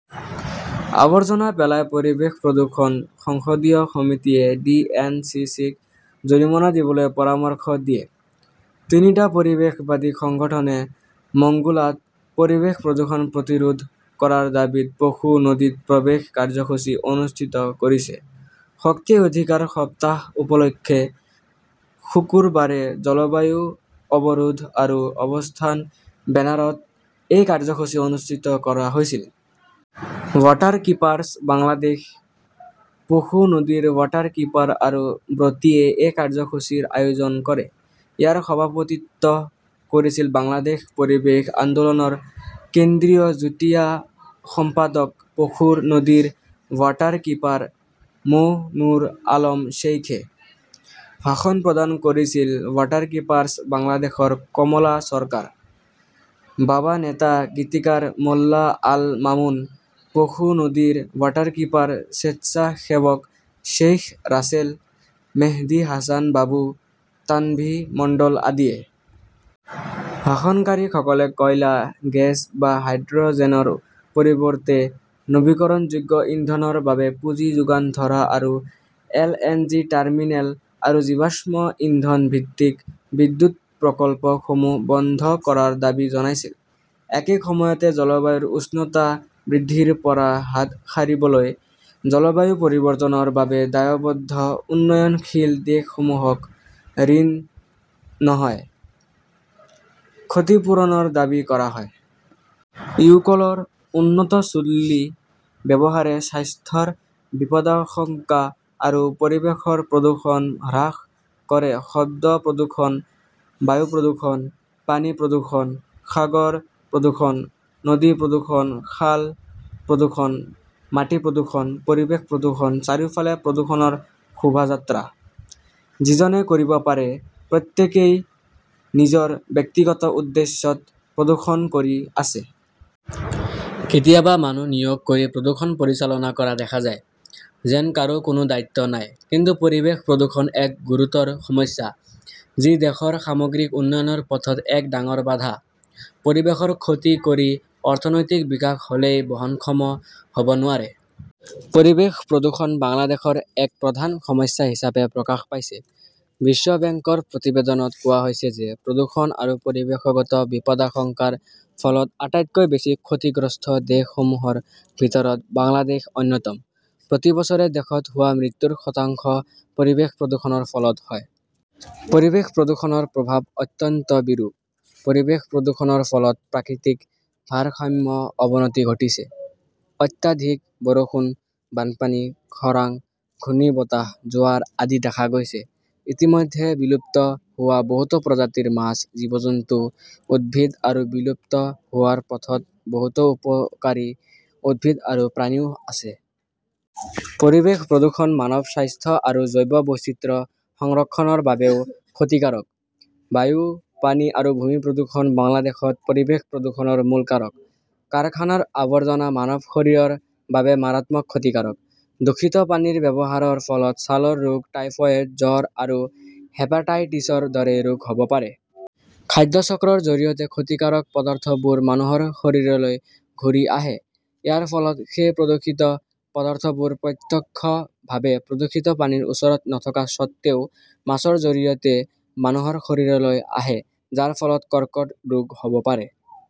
আৱৰ্জনা পেলাই পৰিৱেশ প্ৰদূষণঃ সংসদীয় সমিতিয়ে ডি. এন. চি. চি. -ক জৰিমনা দিবলৈ পৰামৰ্শ দিয়ে, তিনিটা পৰিৱেশবাদী সংগঠনে মংগোলাত পৰিৱেশ প্ৰদূষণ প্ৰতিৰোধ কৰাৰ দাবীত পশু নদীত প্ৰৱেশ কাৰ্যসূচী অনুষ্ঠিত কৰিছে। শক্তি অধিকাৰ সপ্তাহ উপলক্ষে শুকুৰবাৰে জলবায়ু অৱৰোধ আৰু অৱস্থান বেনাৰত এই কাৰ্যসূচী অনুষ্ঠিত কৰা হৈছিল। ৱাটাৰকীপাৰ্ছ বাংলাদেশ, পশু নদীৰ ৱাটাৰকীপাৰ আৰু ব্ৰতীয়ে এই কাৰ্যসূচীৰ আয়োজন কৰে। ইয়াৰ সভাপতিত্ব কৰিছিল বাংলাদেশ পৰিৱেশ আন্দোলনৰ কেন্দ্ৰীয় যুটীয়া সম্পাদক পশুৰ নদীৰ ৱাটাৰকীপাৰ মো. নুৰ আলম শ্বেইখয়ে। ভাষণ প্ৰদান কৰিছিল ৱাটাৰকীপাৰ্ছ বাংলাদেশৰ কমলা চৰকাৰ, বাবা নেতা গীতিকাৰ মোল্লা আল মামুন, পশু নদীৰ ৱাটাৰকীপাৰ স্বেচ্ছাসেৱক শ্বেইখ ৰাছেল, মেহদি হাছান বাবু, তানভি মণ্ডল আদিয়ে। ভাষণকাৰীসকলে কয়লা, গেছ বা হাইড্ৰ'জেনৰ পৰিৱৰ্তে নৱীকৰণযোগ্য ইন্ধনৰ বাবে পুঁজি যোগান ধৰা আৰু এলএনজি টাৰ্মিনেল আৰু জীৱাশ্ম ইন্ধন ভিত্তিক বিদ্যুৎ প্ৰকল্পসমূহ বন্ধ কৰাৰ দাবী জনাইছিল। একে সময়তে জলবায়ুৰ উষ্ণতা বৃদ্ধিৰ পৰা হাত সাৰিবলৈ জলবায়ু পৰিৱৰ্তনৰ বাবে দায়বদ্ধ উন্নয়নশীল দেশসমূহক ঋণ নহয়, ক্ষতিপূৰণৰ দাবী কৰা হয়। ইডকলৰ 'উন্নত চুল্লী' ব্যৱহাৰে স্বাস্থ্যৰ বিপদাশংকা আৰু পৰিৱেশৰ প্ৰদূষণ হ্ৰাস কৰে শব্দ প্ৰদূষণ, বায়ু প্ৰদূষণ, পানী প্ৰদূষণ, সাগৰ প্ৰদূষণ, নদী প্ৰদূষণ, খাল প্ৰদূষণ, মাটি প্ৰদূষণ, পৰিৱেশ প্ৰদূষণ, চাৰিওফালে প্ৰদূষণৰ শোভাযাত্ৰা। যিজনে কৰিব পাৰে, প্ৰত্যেকেই নিজৰ ব্যক্তিগত উদ্দেশ্যত প্ৰদূষণ কৰি আছে। কেতিয়াবা মানুহ নিয়োগ কৰি প্ৰদূষণ পৰিচালনা কৰা দেখা যায়। যেন কাৰো কোনো দায়িত্ব নাই। কিন্তু পৰিৱেশ প্ৰদূষণ এক গুৰুতৰ সমস্যা, যি দেশৰ সামগ্ৰিক উন্নয়নৰ পথত এক ডাঙৰ বাধা। পৰিৱেশৰ ক্ষতি কৰি অৰ্থনৈতিক বিকাশ হ'লে ই বহনক্ষম হ'ব নোৱাৰে। পৰিৱেশ প্ৰদূষণ বাংলাদেশৰ এক প্ৰধান সমস্যা হিচাপে প্ৰকাশ পাইছে। বিশ্ব বেংকৰ প্ৰতিবেদনত কোৱা হৈছে যে প্ৰদূষণ আৰু পৰিৱেশগত বিপদাশংকাৰ ফলত আটাইতকৈ বেছি ক্ষতিগ্ৰস্ত দেশসমূহৰ ভিতৰত বাংলাদেশ অন্যতম। প্ৰতি বছৰে দেশত হোৱা মৃত্যুৰ শতাংশ পৰিৱেশ প্ৰদূষণৰ ফলত হয়। পৰিৱেশ প্ৰদূষণৰ প্ৰভাৱ অত্যন্ত বিৰূপ। পৰিৱেশ প্ৰদূষণৰ ফলত প্ৰাকৃতিক ভাৰসাম্যৰ অৱনতি ঘটিছে। অত্যাধিক বৰষুণ, বানপানী, খৰাং, ঘূৰ্ণীবতাহ, জোৱাৰ আদি দেখা গৈছে। ইতিমধ্যে বিলুপ্ত হোৱা বহুতো প্ৰজাতিৰ মাছ, জীৱ-জন্তু, উদ্ভিদ আৰু বিলুপ্ত হোৱাৰ পথত বহুতো উপকাৰী উদ্ভিদ আৰু প্ৰাণীও আছে। পৰিৱেশ প্ৰদূষণ মানৱ স্বাস্থ্য আৰু জৈৱ বৈচিত্ৰ্য সংৰক্ষণৰ বাবেও ক্ষতিকাৰক। বায়ু, পানী আৰু ভূমি প্ৰদূষণ বাংলাদেশত পৰিৱেশ প্ৰদূষণৰ মূল কাৰক। কাৰখানাৰ আৱৰ্জনা মানৱ শৰীৰৰ বাবে মাৰাত্মক ক্ষতিকাৰক। দূষিত পানীৰ ব্যৱহাৰৰ ফলত ছালৰ ৰোগ, টাইফয়েড, জ্বৰ আৰু হেপাটাইটিছৰ দৰে ৰোগ হ'ব পাৰে। খাদ্য চক্ৰৰ জৰিয়তে ক্ষতিকাৰক পদাৰ্থবোৰ মানুহৰ শৰীৰলৈ ঘূৰি আহে। ইয়াৰ ফলত সেই প্ৰদূষিত পদাৰ্থবোৰ প্ৰত্যক্ষভাৱে প্ৰদূষিত পানীৰ ওচৰত নথকা স্বত্বেও মাছৰ জৰিয়তে মানুহৰ শৰীৰলৈ আহে, যাৰ ফলত কৰ্কট ৰোগ হ'ব পাৰে।